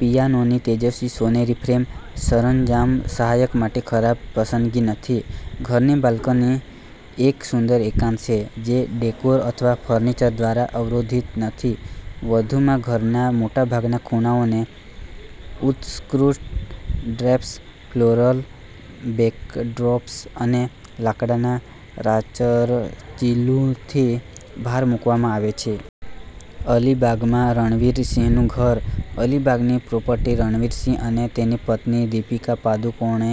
પિયાનોની તેજસ્વી સોનેરી ફ્રેમ સરંજામ સહાયક માટે ખરાબ પસંદગી નથી. ઘરની બાલ્કની એક સુંદર એકાંત છે, જે ડેકોર અથવા ફર્નિચર દ્વારા અવરોધિત નથી. વધુમાં, ઘરના મોટાભાગના ખૂણાઓને ઉત્કૃષ્ટ ડ્રેપ્સ, ફ્લોરલ બેકડ્રોપ્સ અને લાકડાના રાચરચીલુંથી ભાર મૂકવામાં આવે છે. અલીબાગમાં રણવીર સિંહનું ઘર. અલીબાગની પ્રોપર્ટી રણવીર સિંહ અને તેની પત્ની દીપિકા પાદુકોણે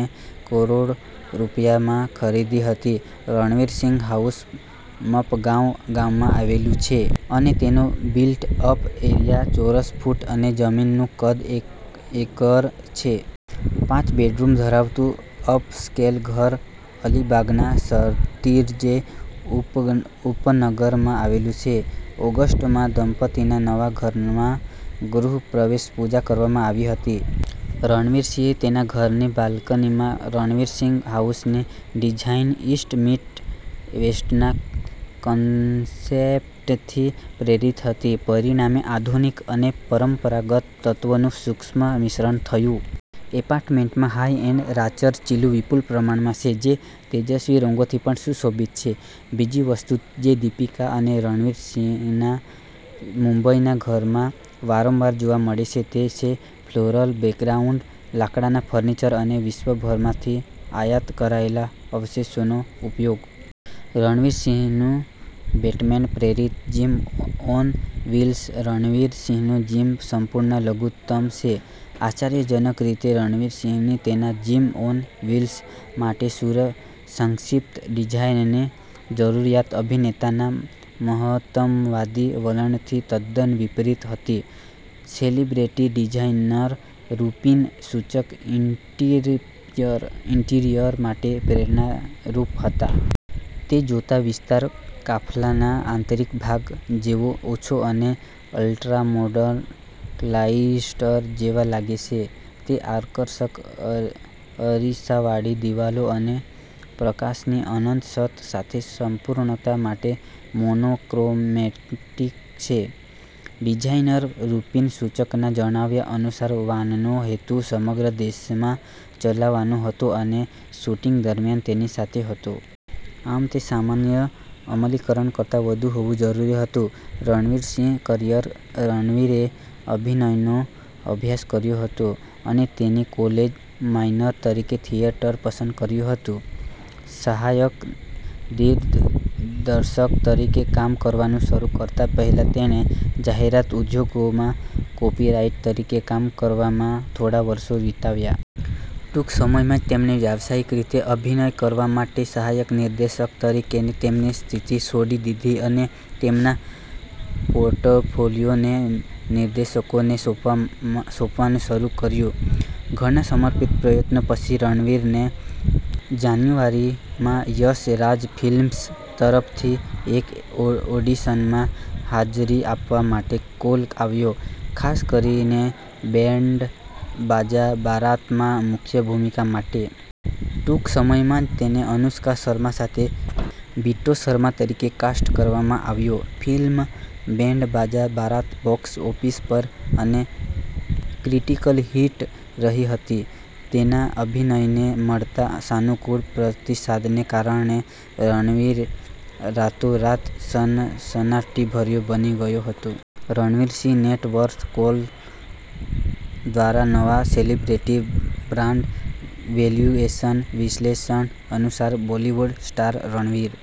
કરોડ રૂપિયામાં ખરીદી હતી. રણવીર સિંઘ હાઉસ મપગાંવ ગામમાં આવેલું છે અને તેનો બિલ્ટ-અપ એરિયા ચોરસ ફૂટ અને જમીનનું કદ એકર છે. પાંચ બેડરૂમ ધરાવતું અપસ્કેલ ઘર અલીબાગના સતીર્જે ઉપનગરમાં આવેલું છે. ઓગસ્ટ માં દંપતીના નવા ઘરમાં ગૃહ પ્રવેશ પૂજા કરવામાં આવી હતી. રણવીર સિંહ તેના ઘરની બાલ્કનીમાં. રણવીર સિંઘ હાઉસની ડિઝાઈન ઈસ્ટ મીટ વેસ્ટના કન્સેપ્ટથી પ્રેરિત હતી, પરિણામે આધુનિક અને પરંપરાગત તત્વોનું સૂક્ષ્મ મિશ્રણ થયું. અપાર્ટમેન્ટમાં હાઇ-એન્ડ રાચરચીલું વિપુલ પ્રમાણમાં છે, જે તેજસ્વી રંગોથી પણ સુશોભિત છે. બીજી વસ્તુ જે દીપિકા અને રણવીર સિંહના મુંબઈના ઘરમાં વારંવાર જોવા મળે છે તે છે ફ્લોરલ બેકગ્રાઉન્ડ, લાકડાના ફર્નિચર અને વિશ્વભરમાંથી આયાત કરાયેલા અવશેષોનો ઉપયોગ. રણવીર સિંહનું બેટમેન-પ્રેરિત જીમ ઓન વ્હીલ્સ. રણવીર સિંહનું જીમ સંપૂર્ણ લઘુત્તમ છે. આશ્ચર્યજનક રીતે, રણવીર સિંહની તેના જીમ ઓન વ્હીલ્સ માટે સંક્ષિપ્ત ડિઝાઇનની જરૂરિયાત અભિનેતાના મહત્તમવાદી વલણથી તદ્દન વિપરીત હતી. Celebrity designer Rupin Suchak interior માટે પ્રેરણારૂપ હતા. તે જોતાં, વિસ્તાર કાફલાના આંતરિક ભાગ જેવો ઓછો અને અલ્ટ્રામોડર્ન ક્લાઇસ્ટર જેવો લાગે છે. તે આકર્ષક અરીસાવાળી દિવાલો અને પ્રકાશની અનંત છત સાથે સંપૂર્ણતા માટે મોનોક્રોમેટિક છે. ડિઝાઇનર રુપિન સુચકના જણાવ્યા અનુસાર, વાનનો હેતુ સમગ્ર દેશમાં ચલાવવાનો હતો અને શૂટિંગ દરમિયાન તેની સાથે હતો. આમ, તે સામાન્ય અમલીકરણ કરતાં વધુ હોવું જરૂરી હતું. રણવીર સિંહ કરિયર. રણવીરે અભિનયનો અભ્યાસ કર્યો હતો અને તેની કોલેજ માઇનર તરીકે થિયેટર પસંદ કર્યું હતું. સહાયક દિગ્દર્શક તરીકે કામ કરવાનું શરૂ કરતા પહેલા, તેણે જાહેરાત ઉદ્યોગમાં કોપીરાઈટર તરીકે કામ કરવામાં થોડા વર્ષો વિતાવ્યા. ટૂંક સમયમાં જ, તેમણે વ્યવસાયિક રીતે અભિનય કરવા માટે સહાયક નિર્દેશક તરીકેની તેમની સ્થિતિ છોડી દીધી અને તેમના પોર્ટફોલિયોને નિર્દેશકોને સોંપવાનું શરૂ કર્યું. ઘણા સમર્પિત પ્રયત્નો પછી, રણવીરને જાન્યુઆરી માં યશ રાજ ફિલ્મ્સ તરફથી એક ઓડિશનમાં હાજરી આપવા માટે કોલ આવ્યો, ખાસ કરીને બેન્ડ બાજા બારાતમાં મુખ્ય ભૂમિકા માટે. ટૂંક સમયમાં જ, તેને અનુષ્કા શર્મા સાથે બિટ્ટો શર્મા તરીકે કાસ્ટ કરવામાં આવ્યો. Film band Baaja Baaraat box office પર અને ક્રિટિકલ હિટ રહી હતી. તેના અભિનયને મળતા સાનુકૂળ પ્રતિસાદને કારણે રણવીર રાતોરાત સનસનાટીભર્યો બની ગયો હતો. Ranveer Singh net worth. ક્રોલ દ્વારા નવા સેલિબ્રિટી બ્રાન્ડ વેલ્યુએશન વિશ્લેષણ અનુસાર, બોલિવૂડ સ્ટાર રણવીર